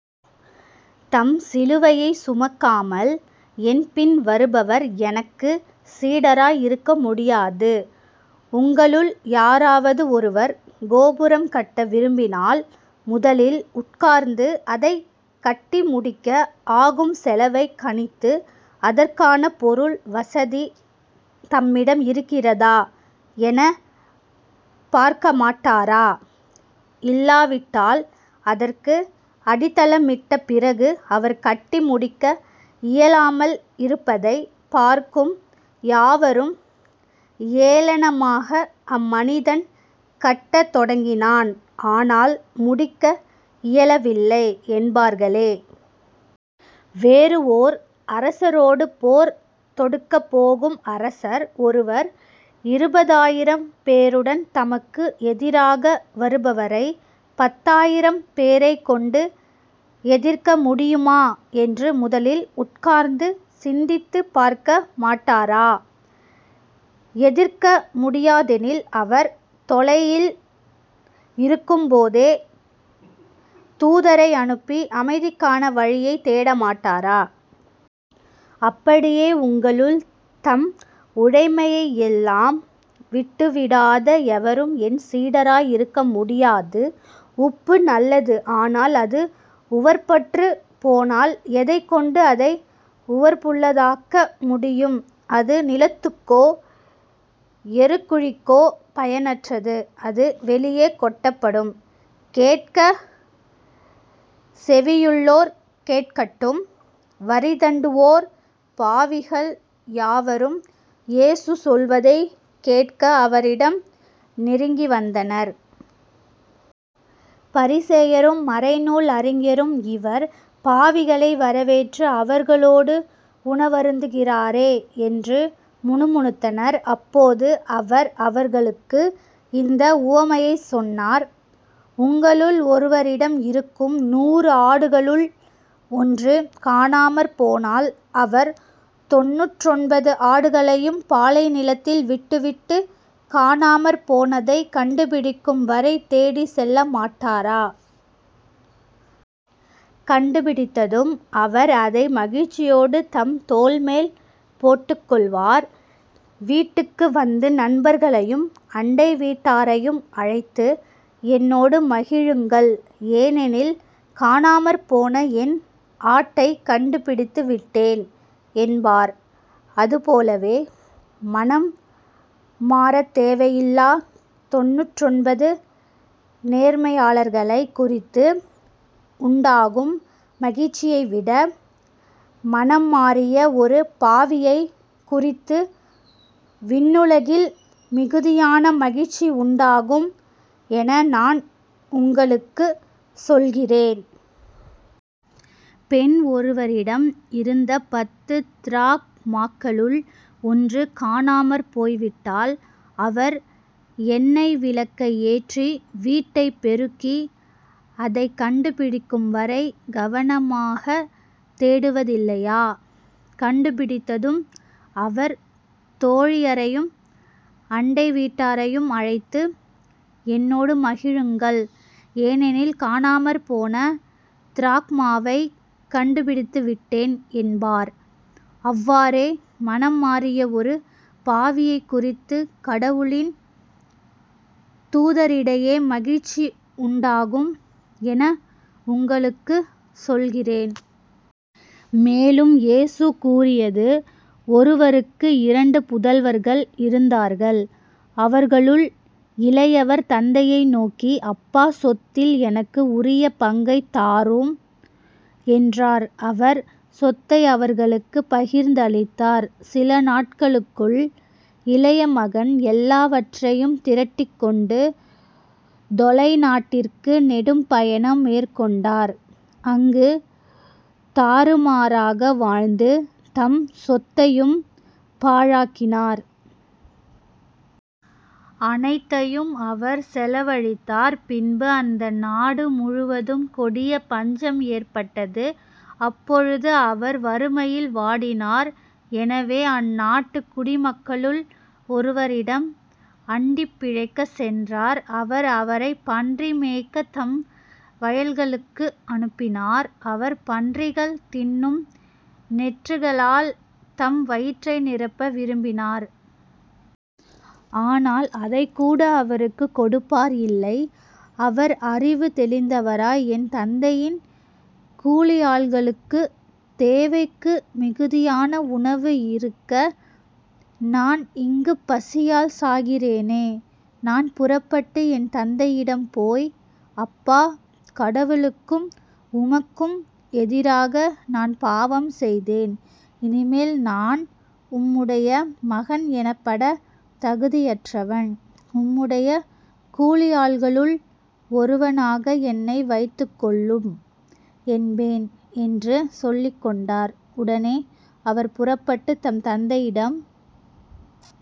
தம் சிலுவையைச் சுமக்காமல் என் பின் வருபவர் எனக்குச் சீடராய் இருக்கமுடியாது. உங்களுள் யாராவது ஒருவர் கோபுரம் கட்ட விரும்பினால் முதலில் உட்கார்ந்து அதைக் கட்டிமுடிக்க ஆகும் செலவைக் கணித்து அதற்கான பொருள் வசதி தம்மிடம் இருக்கிறதா எனப் பார்க்கமாட்டாரா? இல்லாவிட்டால் அதற்கு அடித்தளமிட்ட பிறகு அவர் கட்டி முடிக்க இயலாமல் இருப்பதைப் பார்க்கும் யாவரும் ஏளனமாக இம்மனிதன் கட்டத் தொடங்கினான் ஆனால் முடிக்க இயலவில்லை என்பார்களே. வேறு ஓர் அரசரோடு போர் தொடுக்கப்போகும் அரசர் ஒருவர் இருபதாயிரம் பேருடன் தமக்கு எதிராக வருபவரைப் பத்தாயிரம் பேரைக் கொண்டு எதிர்க்க முடியுமா என்று முதலில் உட்கார்ந்து சிந்தித்துப் பார்க்க மாட்டாரா? எதிர்க்க முடியாதெனில் அவர் தொலையில் இருக்கும்போதே தூதரை அனுப்பி அமைதிக்கான வழியைத் தேட மாட்டாரா? அப்படியே உங்களுள் தம் உடைமையையெல்லாம் விட்டுவிடாத எவரும் என் சீடராய் இருக்க முடியாது. உப்பு நல்லது ஆனால் அது உவர்ப்பற்றுப் போனால் எதைக் கொண்டு அதை உவர்ப்புள்ளதாக்க முடியும்? அது நிலத்துக்கோ எருக்குழிக்கோ பயனற்றது. அது வெளியே கொட்டப்படும். கேட்கச் செவியுள்ளோர் கேட்கட்டும். வரிதண்டுவோர் பாவிகள் யாவரும் இயேசு சொல்வதைக் கேட்க அவரிடம் நெருங்கிவந்தனர். பரிசேயரும் மறைநூல் அறிஞரும் இவர் பாவிகளை வரவேற்று அவர்களோடு உணவருந்துகிறாரே என்று முணுமுணுத்தனர். அப்போது அவர் அவர்களுக்கு இந்த உவமையைச் சொன்னார் உங்களுள் ஒருவரிடம் இருக்கும் நூறு ஆடுகளுள் ஒன்று காணாமற் போனால் அவர் தொண்ணூற்றொன்பது ஆடுகளையும் பாலை நிலத்தில் விட்டுவிட்டு காணாமற் போனதைக் கண்டுபிடிக்கும் வரை தேடிச்செல்ல மாட்டாரா? கண்டுபிடித்ததும் அவர் அதை மகிழ்ச்சியோடு தம் தோள்மேல் போட்டுக் கொள்வார் வீட்டுக்கு வந்து நண்பர்களையும் அண்டை வீட்டாரையும் அழைத்து என்னோடு மகிழுங்கள். ஏனெனில் காணாமற்போன என் ஆட்டைக் கண்டுபிடித்து விட்டேன் என்பார். அதுபோலவே மனம் மாறத் தேவையில்லாத் தொண்ணூற்றொன்பது நேர்மையாளர்களைக் குறித்து உண்டாகும் மகிழ்ச்சியை விட மனம் மாறிய ஒரு பாவியைக் குறித்து விண்ணுலகில் மிகுதியான மகிழ்ச்சி உண்டாகும் என நான் உங்களுக்குச் சொல்கிறேன். பெண் ஒருவரிடம் இருந்த பத்துத் திராக்மாக்களுள் ஒன்று காணாமற் போய்விட்டால் அவர் எண்ணெய் விளக்கை ஏற்றி வீட்டைப் பெருக்கி அதைக் கண்டுபிடிக்கும்வரை கவனமாகத் தேடுவதில்லையா? கண்டுபிடித்ததும் அவர் தோழியரையும் அண்டை வீட்டாரையும் அழைத்து என்னோடு மகிழுங்கள் ஏனெனில் காணாமற் போன திராக்மாவைக் கண்டுபிடித்துவிட்டேன் என்பார். அவ்வாறே மனம் மாறிய ஒரு பாவியைக் குறித்துக் கடவுளின் தூதரிடையே மகிழ்ச்சி உண்டாகும் என உங்களுக்குச் சொல்கிறேன். மேலும் இயேசு கூறியது ஒருவருக்கு இரண்டு புதல்வர்கள் இருந்தார்கள். அவர்களுள் இளையவர் தந்தையை நோக்கி அப்பா சொத்தில் எனக்கு உரிய பங்கைத் தாரும் என்றார். அவர் சொத்தை அவர்களுக்குப் பகிர்ந்து அளித்தார். சில நாள்களுக்குள் இளைய மகன் எல்லாவற்றையும் திரட்டிக்கொண்டு தொலை நாட்டிற்கு நெடும் பயணம் மேற்கொண்டார் அங்குத் தாறுமாறாக வாழ்ந்து தம் சொத்தையும் பாழாக்கினார். அனைத்தையும் அவர் செலவழித்தார். பின்பு அந்த நாடு முழுவதும் கொடிய பஞ்சம் ஏற்பட்டது. அப்பொழுது அவர் வறுமையில் வாடினார் எனவே அந்நாட்டுக் குடிமக்களுள் ஒருவரிடம் அண்டிப் பிழைக்கச் சென்றார். அவர் அவரைப் பன்றி மேய்க்கத் தம் வயல்களுக்கு அனுப்பினார். அவர் பன்றிகள் தின்னும் நெற்றுகளால் தம் வயிற்றை நிரப்ப விரும்பினார். ஆனால் அதைக்கூட அவருக்குக் கொடுப்பார் இல்லை. அவர் அறிவு தெளிந்தவராய் என் தந்தையின் கூலியாள்களுக்குத் தேவைக்கு மிகுதியான உணவு இருக்க நான் இங்குப் பசியால் சாகிறேனே. நான் புறப்பட்டு என் தந்தையிடம் போய் அப்பா கடவுளுக்கும் உமக்கும் எதிராக நான் பாவம் செய்தேன் இனிமேல் நான் உம்முடைய மகன் எனப்படத் தகுதியற்றவன் உம்முடைய கூலியாள்களுள் ஒருவனாக என்னை வைத்துக் கொள்ளும் என்பேன் என்று சொல்லிக்கொண்டார். உடனே அவர் புறப்பட்டுத் தம் தந்தையிடம்